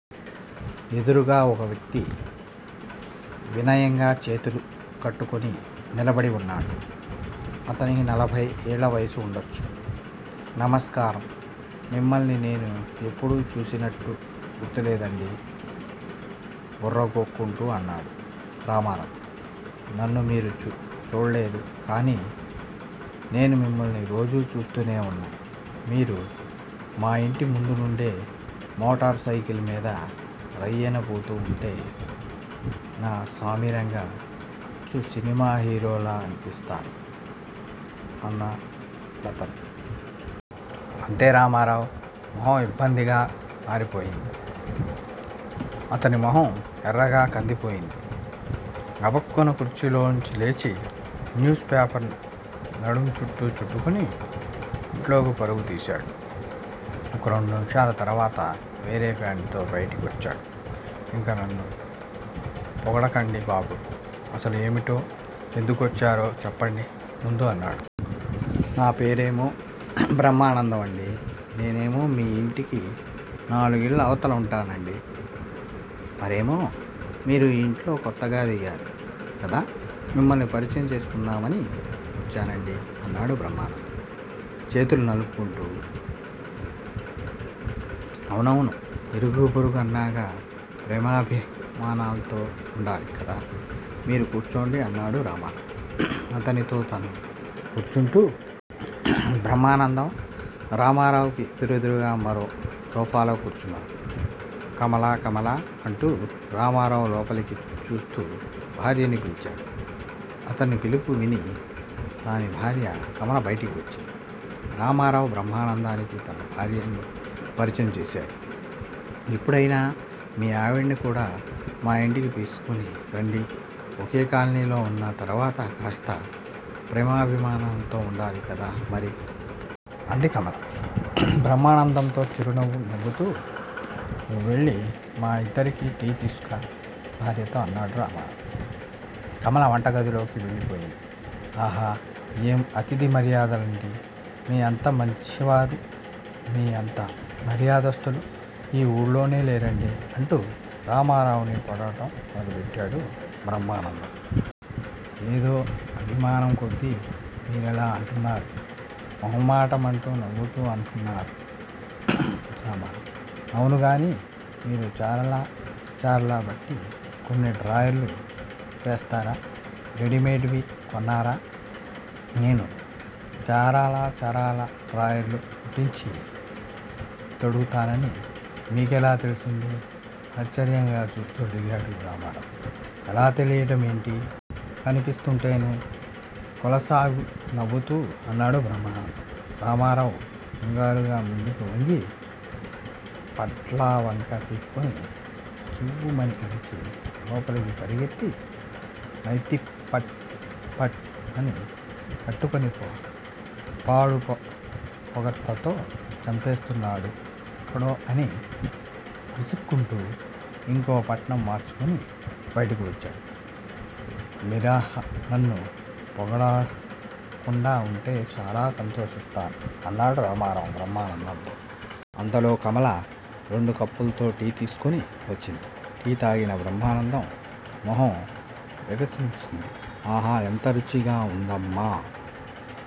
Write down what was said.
ఎదురుగా ఒక వ్యక్తి వినయంగా చేతులు కట్టుకుని నిలబడి ఉన్నాడు. అతనికి నలభై ఏళ్ల వయసు ఉండొచ్చు. నమస్కారం! మిమ్మల్ని నేను ఎప్పుడూ చూసినట్టు గుర్తులేదండీ బుర్ర గోక్కుంటూ అన్నాడు రామారావు. నన్ను మీరు చూళ్ళేదు కానీ నేను మిమ్మల్ని రోజూ చూస్తూనే ఉన్నా మీరు మాయింటి ముందునుండే మోటార్ సైకిల్ మీద రయ్యిన పోతూ ఉంటే నా సామిరంగా అచ్చు సినిమా హీరోలా అన్పిస్తారు అన్నాడతను. అంతే రామారావు మొహం ఇబ్బందిగా మారిపోయింది. అతని మొహం ఎర్రగా కందిపోయింది. గబుక్కున కుర్చీలోంచి లేచి న్యూస్ పేపరు నడుంచుట్టు చుట్టుకుని ఇంట్లోకి పరుగు తీశాడు. ఒక రెండు నిముషాల తర్వాత వేరే ఫ్యాంటుతో బయటికి వచ్చాడు. ఇంక నన్ను పొగడకండి బాబూ అసలు ఏమిటో ఎందుకొచ్చారో చెప్పండి ముందు అన్నాడు. నా పేరేమో బ్రహ్మానందం అండీ నేనేమో మీ యింటికి నాలుగిళ్ళ అవతల ఉంటానండీ మరేమో మీరు ఈ యింట్లో కొత్తగా దిగారు కదా మిమ్మల్ని పరిచయం చేస్కుందామని వచ్చానండీ అన్నాడు బ్రహ్మానందం చేతులు నలుపుకుంటూ. అవునవును ఇరుగూ పొరుగూ అన్నాక ప్రేమాభిమానాల్తో ఉండాలి కదా! మీరు కూర్చోండి అన్నాడు రామారావు అతనితో తనూ కూర్చుంటూ. బ్రహ్మానందం రామారావుకి ఎదురుగా మరో సోఫాలో కూర్చున్నాడు. కమలా కమలా అంటూ రామారావు లోపలికి చూస్తూ భార్యని పిలిచాడు. అతని పిలుపు విని తాని భార్య కమల బయటికి వచ్చింది. రామారావు బ్రహ్మానందానికి తన భార్యని పరిచయం చేశాడు. ఎప్పుడైనా మీ ఆవిడని కూడా మాయింటికి తీస్కుని రండి ఒక కాలనీలో ఉన్నతర్వత కాస్త ప్రేమాభిమానాల్తో ఉండాలి కదా మరి? అంది కమల బ్రహ్మానందంతో చిరునవ్వు నవ్వుతూ. నువ్వెళ్లి మా యిద్దరికీ టీ తీస్కురా భార్యతో అన్నాడు రామారావు. కమల వంటగదిలోకి వెళ్లిపోయింది. ఆహా ఏం అతిధి మర్యాదండీ మీ అంత మంచివారూ మీ అంత మర్యాదస్తులూ ఈ ఊళ్లోనే లేరండీ అంటూ రామారావుని పొగడడం మొదలుబెట్టాడు బ్రహ్మానందం. ఏదో అభిమానంకొద్దీ మీరలా అంటున్నారు మొహమాటంగా నవ్వుతూ అన్నాడు రామారావు. అవును గానీ మీరు చారల చారల బట్ట కొని డ్రాయర్లు కుట్టిస్తారా? రెడీమేడ్ వి కొనరా? ' నేను చారలచారల డ్రాయర్లు కుట్టించి తొడుగుతానని మీకెలా తెల్సింది? ఆశ్చర్యంగా చూస్తూ అడిగాడు రామారావు. ఎలా తెలియడం ఏంటి? కనిపిస్తుంటేనూ? కులాసాగా నవ్వుతూ అన్నాడు బ్రహ్మానందం. రామారావు కంగారుగా ముందుకు వంగి పంట్లాంవంక చూస్కుని కెవ్వుమని అరిచి లోపలికి పరిగెత్తి నెత్తిపై ఫట్ ఫట్ మని కొట్టుకుని పాడు పొగడ్తలతో చంపేస్తున్నాడు ఎక్కడో అని విసుక్కుంటూ ఇంకో పంట్లాం మార్చుకుని బయటికి వచ్చాడు. మీరిహ నన్ను పొగడకుండా ఉంటే చాలా సంతోషిస్తాను అన్నాడు రామారావు బ్రహ్మానందంతో. అంతలో కమల రెండు కప్పుల్తో టీ తీస్కుని వచ్చింది. టీ తాగిన బ్రహ్మానందం మొహం వికసించింది. ఆహా ఎంత రుచిగా ఉండమ్మా